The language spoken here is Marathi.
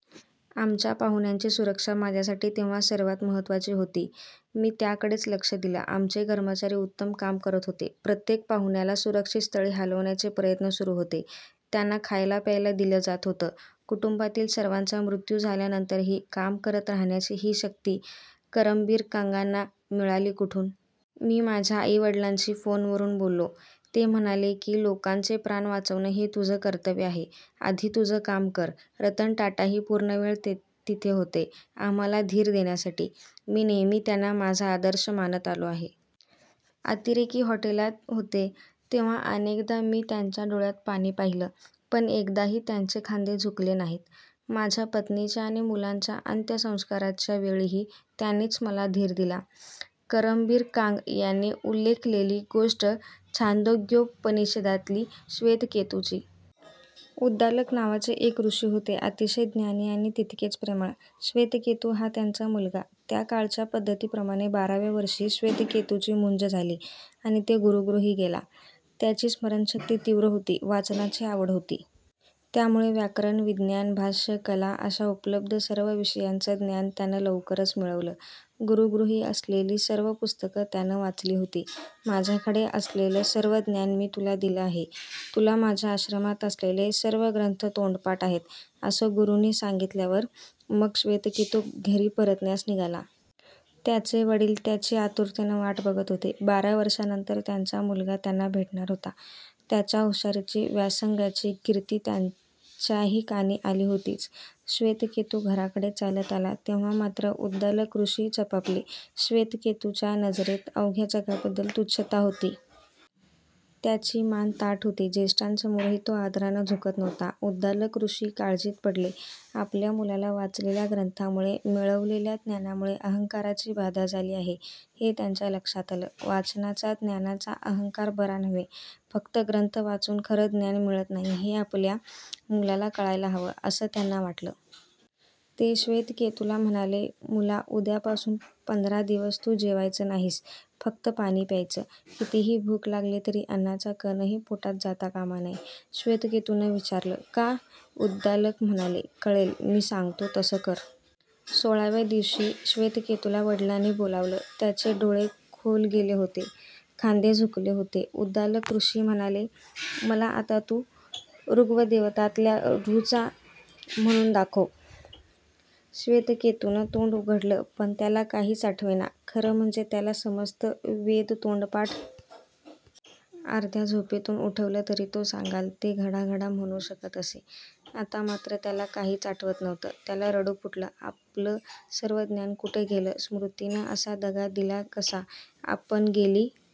आमच्या पाहुण्यांची सुरक्षा माझ्यासाठी तेव्हा सर्वांत महत्त्वाची होती. मी त्याकडेच लक्ष दिलं. आमचे कर्मचारी उत्तम काम करत होते. प्रत्येक पाहुण्याला सुरक्षित स्थळी हलवण्याचे प्रयत्न सुरू होते. त्यांना खायलाप्यायला दिलं जात होतं. कुटुंबातील सर्वांचा मृत्यू झाल्यानंतरही काम करत राहण्याची ही शक्ती करमबीर कांगांना मिळाली कुठून? मी माझ्या आईवडिलांशी फोनवरून बोललो. ते म्हणाले की, लोकांचे प्राण वाचवणं हे तुझं कर्तव्य आहे. आधी तुझं काम कर. रतन टाटाही पूर्णवेळ तिथे होते. आम्हांला धीर देण्यासाठी. मी नेहमी त्यांना माझा आदर्श मानत आलो आहे. अतिरेकी हॉटेलात होते तेव्हा अनेकदा मी त्यांच्या डोळ्यांत पाणी पाहिलं. पण एकदाही त्यांचे खांदे झुकले नाहीत. माझ्या पत्नीच्या आणि मुलांच्या अंत्यसंस्काराच्या वेळीही त्यांनीच मला धीर दिला. करमबीर कांग यांनी उल्लेखलेली गोष्ट छांदोग्योपनिषदातली. श्वेतकेतूची. उद्दालक नावाचे एक ऋषी होते. अतिशय ज्ञानी आणि तितकेच प्रेमळ. श्वेतकेतू हा त्यांचा मुलगा. त्या काळच्या पद्धतीप्रमाणे बाराव्या वर्षी श्वेतकेतूची मुंज झाली आणि तो गुरूगृही गेला. त्याची स्मरणशक्ती तीव्र होती. वाचनाची आवड होती. त्यामुळे व्याकरण, विज्ञान, भाष्य, कला अशा उपलब्ध सर्व विषयांचं ज्ञान त्यानं लवकरच मिळवलं. गुरूगृही असलेली सर्व पुस्तकं त्यानं वाचली होती. माझ्याकडे असलेलं सर्व ज्ञान मी तुला दिलं आहे. तुला माझ्या आश्रमात असलेले सर्व ग्रंथ तोंडपाठ आहेत, असं गुरूंनी सांगितल्यावर मग श्वेतकेतू घरी परतण्यास निघाला. त्याचे वडील त्याची आतुरतेनं वाट बघत होते. बारा वर्षांनंतर त्यांचा मुलगा त्यांना भेटणार होता. त्याच्या हुशारीची, व्यासंगाची कीर्ती त्यांच्याही कानी आली होतीच. श्वेतकेतू घराकडे चालत आला तेव्हा मात्र उद्दालक ऋषी चपापले. श्वेतकेतूच्या नजरेत अवघ्या जगाबद्दल तुच्छता होती. त्याची मान ताठ होती. ज्येष्ठांसमोरही तो आदरानं झुकत नव्हता. उद्दालक ऋषी काळजीत पडले. आपल्या मुलाला वाचलेल्या ग्रंथांमुळे, मिळवलेल्या ज्ञानामुळे अहंकाराची बाधा झाली आहे, हे त्यांच्या लक्षात आलं. वाचनाचा, ज्ञानाचा अहंकार बरा नव्हे, फक्त ग्रंथ वाचून खरं ज्ञान मिळत नाही, हे आपल्या मुलाला कळायला हवं, असं त्यांना वाटलं. ते श्वेतकेतूला म्हणाले, मुला, उद्यापासून पंधरा दिवस तू जेवायचं नाहीस. फक्त पाणी प्यायचं. कितीही भूक लागली तरी अन्नाचा कणही पोटात जाता कामा नये. श्वेतकेतूनं विचारलं, का? उद्दालक म्हणाले, कळेल. मी सांगतो तसं कर. सोळाव्या दिवशी श्वेतकेतूला वडिलांनी बोलावलं. त्याचे डोळे खोल गेले होते. खांदे झुकले होते. उद्दालक ऋषी म्हणाले, मला आता तू ऋग्वेदातल्या ऋचा म्हणून दाखव. श्वेतकेतूनं तोंड उघडलं, पण त्याला काहीच आठवेना. खरं म्हणजे त्याला समस्त वेद तोंडपाठ. अर्ध्या झोपेतून उठवलं तरी तो सांगाल ते घडाघडा म्हणू शकत असे. आता मात्र त्याला काहीच आठवत नव्हतं. त्याला रडू फुटलं. आपलं सर्व ज्ञान कुठे गेलं? स्मृतीनं असा दगा दिला कसा? आपण गेली